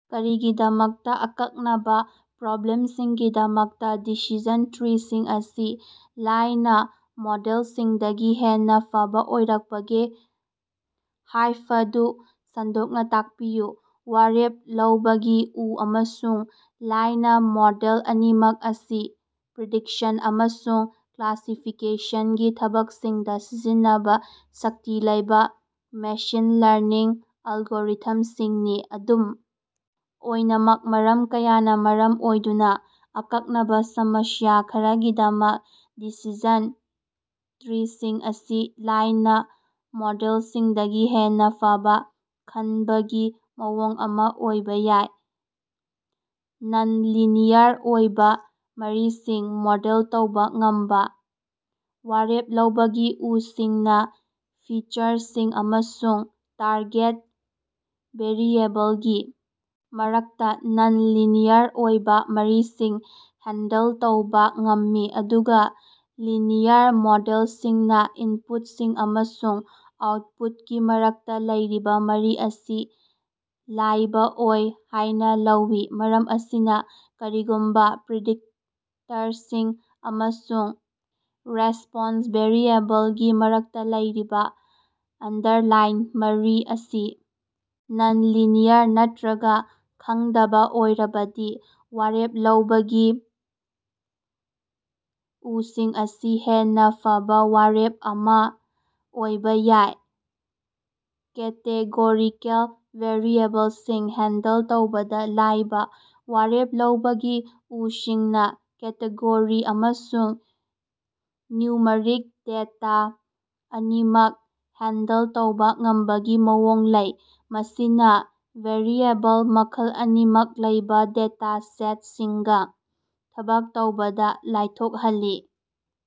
ꯀꯔꯤꯒꯤꯗꯃꯛꯇ ꯑꯀꯛꯅꯕ ꯄ꯭ꯔꯣꯕ꯭ꯂꯦꯝꯁꯤꯡꯒꯤꯗꯃꯛꯇ ꯗꯤꯁꯤꯖꯟ ꯇ꯭ꯔꯤꯁꯤꯡ ꯑꯁꯤ ꯂꯥꯏꯅ ꯃꯣꯗꯦꯜꯁꯤꯡꯗꯒꯤ ꯍꯦꯟꯅ ꯐꯕ ꯑꯣꯏꯔꯛꯄꯒꯦ ꯍꯥꯐꯕꯗꯨ ꯁꯟꯗꯣꯛꯅ ꯇꯥꯛꯄꯤꯌꯨ꯫ ꯋꯥꯔꯦꯞ ꯂꯧꯕꯒꯤ ꯎ ꯑꯃꯁꯨꯡ ꯂꯥꯏꯅ ꯃꯣꯗꯦꯜ ꯑꯅꯤꯃꯛ ꯑꯁꯤ ꯄ꯭ꯔꯤꯗꯤꯛꯁꯟ ꯑꯃꯁꯨꯡ ꯀ꯭ꯂꯥꯁꯤꯐꯤꯀꯦꯁꯟꯒꯤ ꯊꯕꯛꯁꯤꯡꯗ ꯁꯤꯖꯤꯟꯅꯕ ꯁꯛꯇꯤ ꯂꯩꯕ ꯃꯦꯁꯤꯟ ꯂꯔꯅꯤꯡ ꯑꯦꯜꯒꯣꯔꯤꯊꯝꯁꯤꯡꯅꯤ꯫ ꯑꯗꯨꯝ ꯑꯣꯏꯅꯃꯛ ꯃꯔꯝ ꯀꯌꯥꯅ ꯃꯔꯝ ꯑꯣꯏꯗꯨꯅ ꯑꯀꯛꯅꯕ ꯁꯃꯁ꯭ꯌꯥ ꯈꯔꯒꯤꯗꯃꯛ ꯗꯤꯁꯤꯖꯟ ꯇ꯭ꯔꯤꯁꯤꯡ ꯑꯁꯤ ꯂꯥꯏꯅ ꯃꯣꯗꯦꯜꯁꯤꯡꯗꯒꯤ ꯍꯦꯟꯅ ꯐꯕ ꯈꯟꯕꯒꯤ ꯃꯑꯣꯡ ꯑꯃ ꯑꯣꯏꯕ ꯌꯥꯏ꯫ ꯅꯟ-ꯂꯤꯅꯤꯌꯔ ꯑꯣꯏꯕ ꯃꯔꯤꯁꯤꯡ ꯃꯣꯗꯦꯜ ꯇꯧꯕꯥ ꯉꯝꯕ: ꯋꯥꯔꯦꯞ ꯂꯧꯕꯒꯤ ꯎꯁꯤꯡꯅ ꯐꯤꯆꯔꯁꯤꯡ ꯑꯃꯁꯨꯡ ꯇꯥꯔꯒꯦꯠ ꯚꯦꯔꯤꯑꯦꯕꯜꯒꯤ ꯃꯔꯛꯇ ꯅꯟ-ꯂꯤꯅꯤꯌꯔ ꯑꯣꯏꯕ ꯃꯔꯤꯁꯤꯡ ꯍꯦꯟꯗꯜ ꯇꯧꯕ ꯉꯝꯃꯤ, ꯑꯗꯨꯒ ꯂꯤꯅꯤꯌꯔ ꯃꯣꯗꯦꯜꯁꯤꯡꯅ ꯏꯟꯄꯨꯠꯁꯤꯡ ꯑꯃꯁꯨꯡ ꯑꯥꯎꯠꯄꯨꯠꯀꯤ ꯃꯔꯛꯇ ꯂꯩꯔꯤꯕ ꯃꯔꯤ ꯑꯁꯤ ꯂꯥꯏꯕ ꯑꯣꯏ ꯍꯥꯏꯅ ꯂꯧꯏ꯫ ꯃꯔꯝ ꯑꯁꯤꯅ ꯀꯔꯤꯒꯨꯝꯕ ꯄ꯭ꯔꯤꯗꯤꯛꯇꯔꯁꯤꯡ ꯑꯃꯁꯨꯡ ꯔꯦꯁꯄꯣꯟꯁ ꯚꯦꯔꯤꯑꯦꯕꯜꯒꯤ ꯃꯔꯛꯇ ꯂꯩꯔꯤꯕ ꯑꯟꯗꯔꯂꯥꯏꯟ ꯃꯔꯤ ꯑꯁꯤ ꯅꯟ-ꯂꯤꯅꯤꯌꯔ ꯅꯠꯇ꯭ꯔꯒ ꯈꯪꯗꯕ ꯑꯣꯏꯔꯕꯗꯤ ꯋꯥꯔꯦꯞ ꯂꯧꯕꯒꯤ ꯎꯁꯤꯡ ꯑꯁꯤ ꯍꯦꯟꯅ ꯐꯕ ꯋꯥꯔꯦꯞ ꯑꯃ ꯑꯣꯏꯕ ꯌꯥꯏ꯫ ꯀꯦꯇꯦꯒꯣꯔꯤꯀꯦꯜ ꯚꯦꯔꯤꯑꯦꯕꯜꯁꯤꯡ ꯍꯦꯟꯗꯜ ꯇꯧꯕꯗ ꯂꯥꯏꯕ: ꯋꯥꯔꯦꯞ ꯂꯧꯕꯒꯤ ꯎꯁꯤꯡꯅ ꯀꯦꯇꯦꯒꯣꯔꯤ ꯑꯃꯁꯨꯡ ꯅ꯭ꯌꯨꯃꯔꯤꯛ ꯗꯦꯇ ꯑꯅꯤꯃꯛ ꯍꯦꯟꯗꯜ ꯇꯧꯕ ꯉꯝꯕꯒꯤ ꯃꯑꯣꯡ ꯂꯩ, ꯃꯁꯤꯅ ꯚꯦꯔꯤꯑꯦꯕꯜ ꯃꯈꯜ ꯑꯅꯤꯃꯛ ꯂꯩꯕ ꯗꯦꯇ ꯁꯦꯠꯁꯤꯡꯒ ꯊꯕꯛ ꯇꯧꯕꯗ ꯂꯥꯏꯊꯣꯜꯍꯜꯂꯤ꯫